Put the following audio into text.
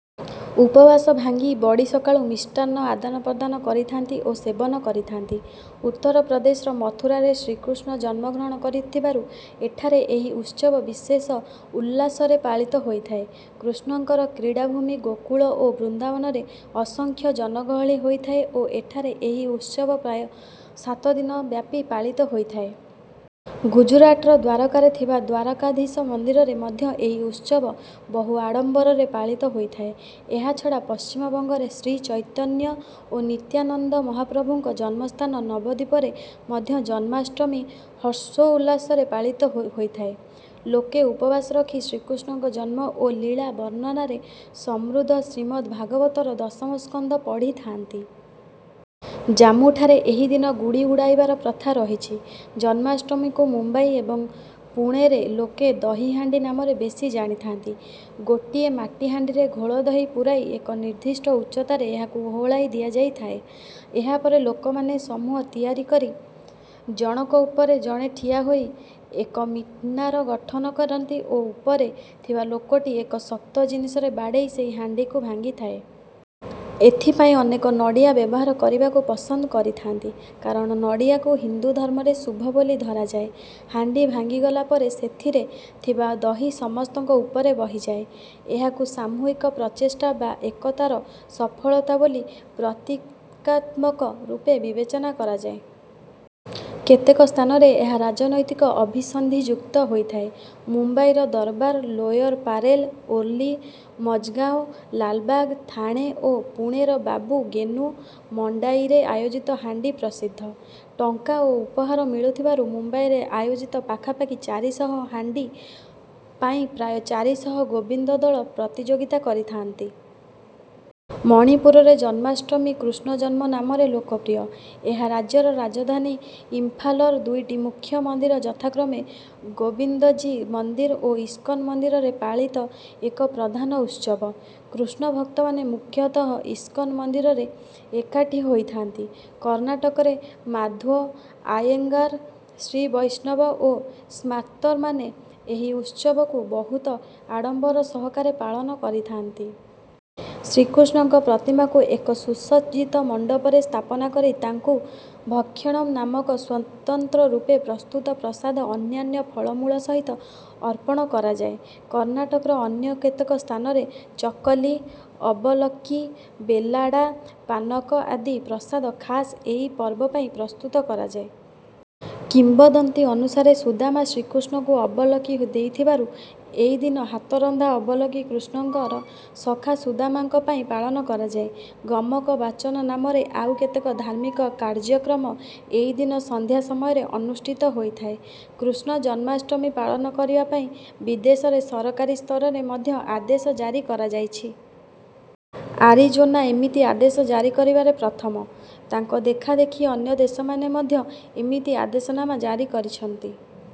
ଉପବାସ ଭାଙ୍ଗି ବଡ଼ି ସକାଳୁ ମିଷ୍ଟାନ୍ନ ଆଦାନପ୍ରଦାନ କରିଥାନ୍ତି ଓ ସେବନ କରିଥାନ୍ତି। ଉତ୍ତର ପ୍ରଦେଶର ମଥୁରାରେ ଶ୍ରୀକୃଷ୍ଣ ଜନ୍ମଗ୍ରହଣ କରିଥିବାରୁ ଏଠାରେ ଏହି ଉତ୍ସବ ବିଶେଷ ଉଲ୍ଲାସରେ ପାଳିତ ହୋଇଥାଏ। କୃଷ୍ଣଙ୍କର କ୍ରୀଡ଼ାଭୂମି ଗୋକୁଳ ଓ ବୃନ୍ଦାବନରେ ଅସଂଖ୍ୟ ଜନଗହଳି ହୋଇଥାଏ ଓ ଏଠାରେ ଏହି ଉତ୍ସବ ପ୍ରାୟ ସାତ ଦିନ ବ୍ୟାପି ପାଳିତ ହୋଇଥାଏ। ଗୁଜରାଟର ଦ୍ୱାରକାରେ ଥିବା ଦ୍ୱାରକାଧୀଶ ମନ୍ଦିରରେ ମଧ୍ୟ ଏହି ଉତ୍ସବ ବହୁ ଆଡ଼ମ୍ବରରେ ପାଳିତ ହୋଇଥାଏ। ଏହାଛଡ଼ା ପଶ୍ଚିମବଙ୍ଗରେ ଶ୍ରୀଚୈତନ୍ୟ ଓ ନିତ୍ୟାନନ୍ଦ ମହାପ୍ରଭୁଙ୍କ ଜନ୍ମସ୍ଥାନ ନବଦ୍ୱୀପରେ ମଧ୍ୟ ଜନ୍ମାଷ୍ଟମୀ ହର୍ଷୋଲ୍ଲାସରେ ପାଳିତ ହୋଇଥାଏ। ଲୋକେ ଉପବାସ ରଖି ଶ୍ରୀକୃଷ୍ଣଙ୍କ ଜନ୍ମ ଓ ଲୀଳା ବର୍ଣ୍ଣନାରେ ସମୃଦ୍ଧ ଶ୍ରୀମଦ୍‌ଭାଗବତର ଦଶମ ସ୍କନ୍ଧ ପଢ଼ିଥାନ୍ତି। ଜାମ୍ମୁଠାରେ ଏହିଦିନ ଗୁଡ଼ି ଉଡ଼ାଇବାର ପ୍ରଥା ରହିଛି। ଜନ୍ମାଷ୍ଟମୀକୁ ମୁମ୍ବାଇ ଏବଂ ପୁଣେରେ ଲୋକେ 'ଦହି ହାଣ୍ଡି' ନାମରେ ବେଶି ଜାଣିଥାନ୍ତି। ଗୋଟିଏ ମାଟିହାଣ୍ଡିରେ ଘୋଳଦହି ପୂରାଇ ଏକ ନିର୍ଦ୍ଦିଷ୍ଟ ଉଚ୍ଚତାରେ ଏହାକୁ ଓହଳାଇ ଦିଆଯାଇଥାଏ। ଏହାପରେ ଲୋକମାନେ ସମୂହ ତିଆରି କରି ଜଣକ ଉପରେ ଜଣେ ଠିଆହୋଇ ଏକ ମିନାର ଗଠନ କରନ୍ତି ଓ ଉପରେ ଥିବା ଲୋକଟି ଏକ ଶକ୍ତ ଜିନିଷରେ ବାଡ଼େଇ ସେହି ହାଣ୍ଡିକୁ ଭାଙ୍ଗିଥାଏ। ଏଥିପାଇଁ ଅନେକ ନଡ଼ିଆ ବ୍ୟବହାର କରିବାକୁ ପସନ୍ଦ କରିଥାନ୍ତି, କାରଣ ନଡ଼ିଆକୁ ହିନ୍ଦୁ ଧର୍ମରେ ଶୁଭ ବୋଲି ଧରାଯାଏ। ହାଣ୍ଡି ଭାଙ୍ଗିଗଲା ପରେ ସେଥିରେ ଥିବା ଦହି ସମସ୍ତଙ୍କ ଉପରେ ବହିଯାଏ। ଏହାକୁ ସାମୂହିକ ପ୍ରଚେଷ୍ଟା ବା ଏକତାର ସଫଳତା ବୋଲି ପ୍ରତୀକାତ୍ମକ ରୂପେ ବିବେଚନା କରାଯାଏ। କେତେକ ସ୍ଥାନରେ ଏହା ରାଜନୈତିକ ଅଭିସନ୍ଧିଯୁକ୍ତ ହୋଇଥାଏ। ମୁମ୍ବାଇର ଦରବାର, ଲୋୟର ପାରେଲ, ଓର୍ଲି, ମଜଗାଓଁ, ଲାଲବାଗ, ଥାଣେ ଓ ପୁଣେର ବାବୁ ଗେନୁ, ମଣ୍ଡାଇରେ ଆୟୋଜିତ ହାଣ୍ଡି ପ୍ରସିଦ୍ଧ। ଟଙ୍କା ଓ ଉପହାର ମିଳୁଥିବାରୁ ମୁମ୍ବାଇରେ ଆୟୋଜିତ ପାଖାପାଖି ଚାରି ଶହ ହାଣ୍ଡି ପାଇଁ ପ୍ରାୟ ଚାରି ଶହ ଗୋବିନ୍ଦ ଦଳ ପ୍ରତିଯୋଗିତା କରିଥାନ୍ତି। ମଣିପୁରରେ ଜନ୍ମାଷ୍ଟମୀ 'କୃଷ୍ଣଜନ୍ମ' ନାମରେ ଲୋକପ୍ରିୟ। ଏହା ରାଜ୍ୟର ରାଜଧାନୀ ଇମ୍ଫାଲର ଦୁଇଟି ମୁଖ୍ୟ ମନ୍ଦିର ଯଥାକ୍ରମେ ଗୋବିନ୍ଦଜୀ ମନ୍ଦିର ଓ ଇସ୍କନ ମନ୍ଦିରରେ ପାଳିତ ଏକ ପ୍ରଧାନ ଉତ୍ସବ। କୃଷ୍ଣଭକ୍ତମାନେ ମୁଖ୍ୟତଃ ଇସ୍କନ ମନ୍ଦିରରେ ଏକାଠି ହୋଇଥାନ୍ତି। କର୍ଣ୍ଣାଟକରେ ମାଧ୍ୱ, ଆୟେଙ୍ଗାର, ଶ୍ରୀବୈଷ୍ଣବ ଓ ସ୍ମାର୍ତ୍ତମାନେ ଏଇ ଉତ୍ସବକୁ ବହୁତ ଆଡ଼ମ୍ବର ସହକାରେ ପାଳନ କରିଥାନ୍ତି। ଶ୍ରୀକୃଷ୍ଣଙ୍କ ପ୍ରତିମାକୁ ଏକ ସୁସଜ୍ଜିତ ମଣ୍ଡପରେ ସ୍ଥାପନା କରି ତାଙ୍କୁ 'ଭକ୍ଷଣମ୍' ନାମକ ସ୍ୱତନ୍ତ୍ର ରୂପେ ପ୍ରସ୍ତୁତ ପ୍ରସାଦ ଅନ୍ୟାନ୍ୟ ଫଳମୂଳ ସହିତ ଅର୍ପଣ କରାଯାଏ। କର୍ଣ୍ଣାଟକର ଅନ୍ୟ କେତେକ ସ୍ଥାନରେ ଚକଲି, ଅବଲକ୍କି, ବେଲ୍ଲାଡା ପାନକ ଆଦି ପ୍ରସାଦ ଖାସ୍ ଏଇ ପର୍ବ ପାଇଁ ପ୍ରସ୍ତୁତ କରାଯାଏ। କିମ୍ବଦନ୍ତୀ ଅନୁସାରେ ସୁଦାମା ଶ୍ରୀକୃଷ୍ଣଙ୍କୁ ଅବଲକ୍କି ଦେଇଥିବାରୁ ଏଇଦିନ ହାତରନ୍ଧା ଅବଲକ୍କି କୃଷ୍ଣଙ୍କର ସଖା ସୁଦାମାଙ୍କ ପାଇଁ ପାଳନ କରାଯାଏ। ଗମକ ବାଚନ ନାମରେ ଆଉ କେତେକ ଧାର୍ମିକ କାର୍ଯ୍ୟକ୍ରମ ଏଇଦିନ ସନ୍ଧ୍ୟା ସମୟରେ ଅନୁଷ୍ଠିତ ହୋଇଥାଏ। କୃଷ୍ଣଜନ୍ମାଷ୍ଟମୀ ପାଳନ କରିବା ପାଇଁ ବିଦେଶରେ ସରକାରୀ ସ୍ତରରେ ମଧ୍ୟ ଆଦେଶ ଜାରି କରାଯାଇଅଛି। ଆରିଜୋନା ଏମିତି ଆଦେଶ ଜାରି କରିବାରେ ପ୍ରଥମ। ତାଙ୍କ ଦେଖାଦେଖି ଅନ୍ୟ ଦେଶମାନେ ମଧ୍ୟ ଏମିତି ଆଦେଶନାମା ଜାରି କରିଛନ୍ତି।